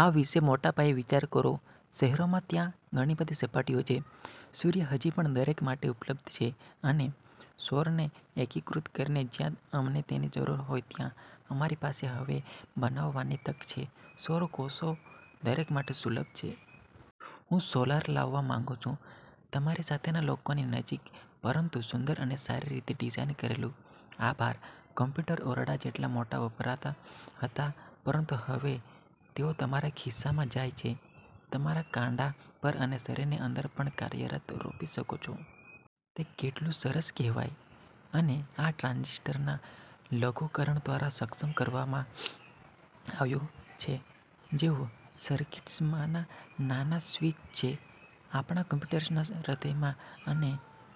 આ વિશે મોટા પાયે વિચાર કરો: શહેરોમાં, ત્યાં ઘણી બધી સપાટીઓ છે. સૂર્ય હજી પણ દરેક માટે ઉપલબ્ધ છે. અને સૌરને એકીકૃત કરીને જ્યાં અમને તેની જરૂર હોય ત્યાં, અમારી પાસે હવે બનાવવાની તક છે સૌર કોષો દરેક માટે સુલભ છે. હું સોલર લાવવા માંગુ છું તમારી સાથેના લોકોની નજીક, પરંતુ સુંદર અને સારી રીતે ડિઝાઇન કરેલું. આભાર. કમ્પ્યુટર ઓરડા જેટલા મોટા વપરાતા હતા. પરંતુ હવે તેઓ તમારા ખિસ્સામાં જાય છે, તમારા કાંડા પર અને શરીરની અંદર પણ કાર્યરત રોપી શકો છો. તે કેટલું સરસ કહેવાય? અને આ ટ્રાન્ઝિસ્ટરના લઘુકરણ દ્વારા સક્ષમ કરવા માંઆવ્યું છે, જેઓ સર્કિટ્સમાં નાના સ્વિચ છે આપણા કમ્પ્યુટર્સના હૃદયમાં. અને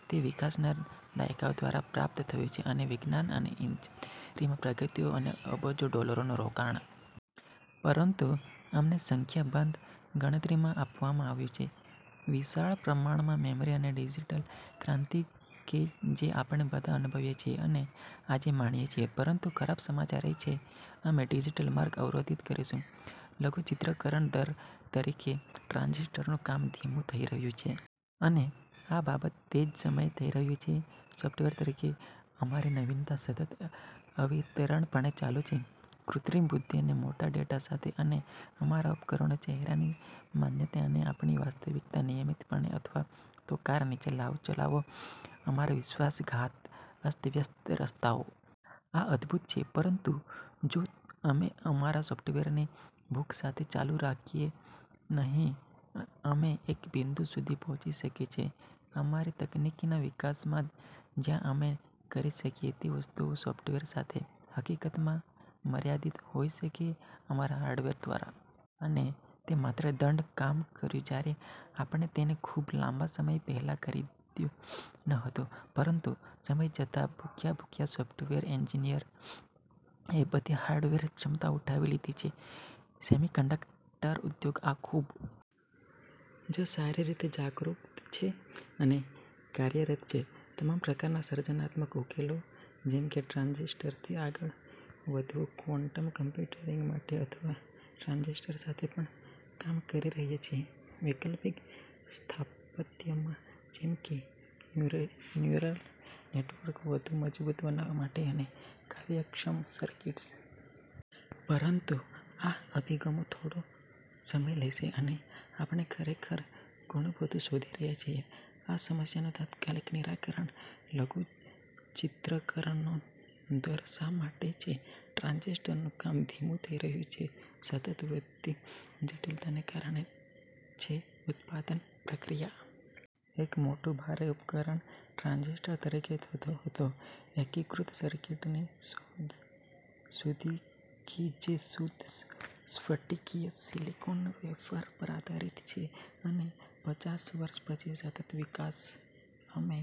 તે વિકાસના દાયકાઓ દ્વારા પ્રાપ્ત થયું છે અને વિજ્ઞાન અને ઈજનેરીમાં પ્રગતિઓ અને અબજો ડોલરનું રોકાણ. પરંતુ અમને સંખ્યાબંધ ગણતરીમાં આપવામાં આવ્યું છે, વિશાળ પ્રમાણમાં મેમરી અને ડિજિટલ ક્રાંતિ કે જે આપણે બધા અનુભવીએ છીએ અને આજે માણીએ છીએ. પરંતુ ખરાબ સમાચાર એ છે, અમે ડિજિટલ માર્ગ અવરોધિત કરીશું, લઘુચિત્રકરણ દર તરીકે ટ્રાન્ઝિસ્ટરનું કામ ધીમું થઈ રહ્યું છે. અને આ બરાબર તે જ સમયે થઈ રહ્યું છે સોફ્ટવેર તરીકે અમારી નવીનતા સતત અવિરતપણે ચાલુ છે કૃત્રિમ બુદ્ધિ અને મોટા ડેટા સાથે. અને અમારા ઉપકરણો ચહેરાની માન્યતા અને આપણી વાસ્તવિકતા નિયમિતપણે અથવા તો કાર નીચે ચલાવો અમારા વિશ્વાસઘાત, અસ્તવ્યસ્ત રસ્તાઓ. આ અદભૂત છે. પરંતુ જો અમે અમારા સો્ટવેરની ભૂખ સાથે ચાલુ રાખીએનહીં, અમે એક બિંદુ સુધી પહોંચી શકે છે અમારી તકનીકીના વિકાસમાં જ્યાં અમે કરી શકીએ તે વસ્તુઓ સોફ્ટવેર સાથે, હકીકતમાં, મર્યાદિત હોઈ શકે અમારા હાર્ડવેર દ્વારા. અને તે માત્ર દંડ કામ કર્યું જ્યારે આપણે તેને ખૂબ લાંબા સમય પહેલા ખરીધું ન હતું, પરંતુ સમય જતાં ભૂખ્યા ભૂખ્યા સોફ્ટવેર એન્જિ નિયરોએ બધી હાર્ડવેર ક્ષમતા ઉઠાવી લીધી છે સેમિકન્ડક્ટર ઉદ્યોગ આ ખૂબ જ સારી રીતે જાગૃત છે અને કાર્યરત છે તમામ પ્રકારના સર્જનાત્મક ઉકેલો, જેમ કે ટ્રાંઝિસ્ટરથી આગળ વધવું ક્વોન્ટમ કમ્પ્યુટિંગ માટે અથવા ટ્રાંઝિસ્ટર સાથે પણ કામ કરી રહ્યા છે વૈકલ્પિક સ્થાપત્યમાં જેમ કે ન્યુરલ નેટવર્ક વધુ મજબૂત બનાવવા માટે અને કાર્યક્ષમ સર્કિટ્સ. પરંતુ આ અભિગમો થોડો સમય લેશે, અને આપણે ખરેખર ઘણું બધુ શોધી રહ્યા છીએ આ સમસ્યાનું તાત્કાલિક નિરાકરણ. લઘુચિત્રકરણનો દર શા માટે છે ટ્રાંઝિસ્ટરનું કામ ધીમું થઈ રહ્યું છે સતત વધતી જટિલતાને કારણે છે ઉત્પાદન પ્રક્રિયા. એક મોટું, ભારે ઉપકરણ ટ્રાંઝિસ્ટર તરીકે થતો હતો એકીકૃત સર્કિટની શોધ સુધી કે જે શુદ્ધ સ્ફટિકીય સિલિકોન વેફર પર આધારિત છે. અને પચાસ વર્ષ પછી સતત વિકાસ, અમે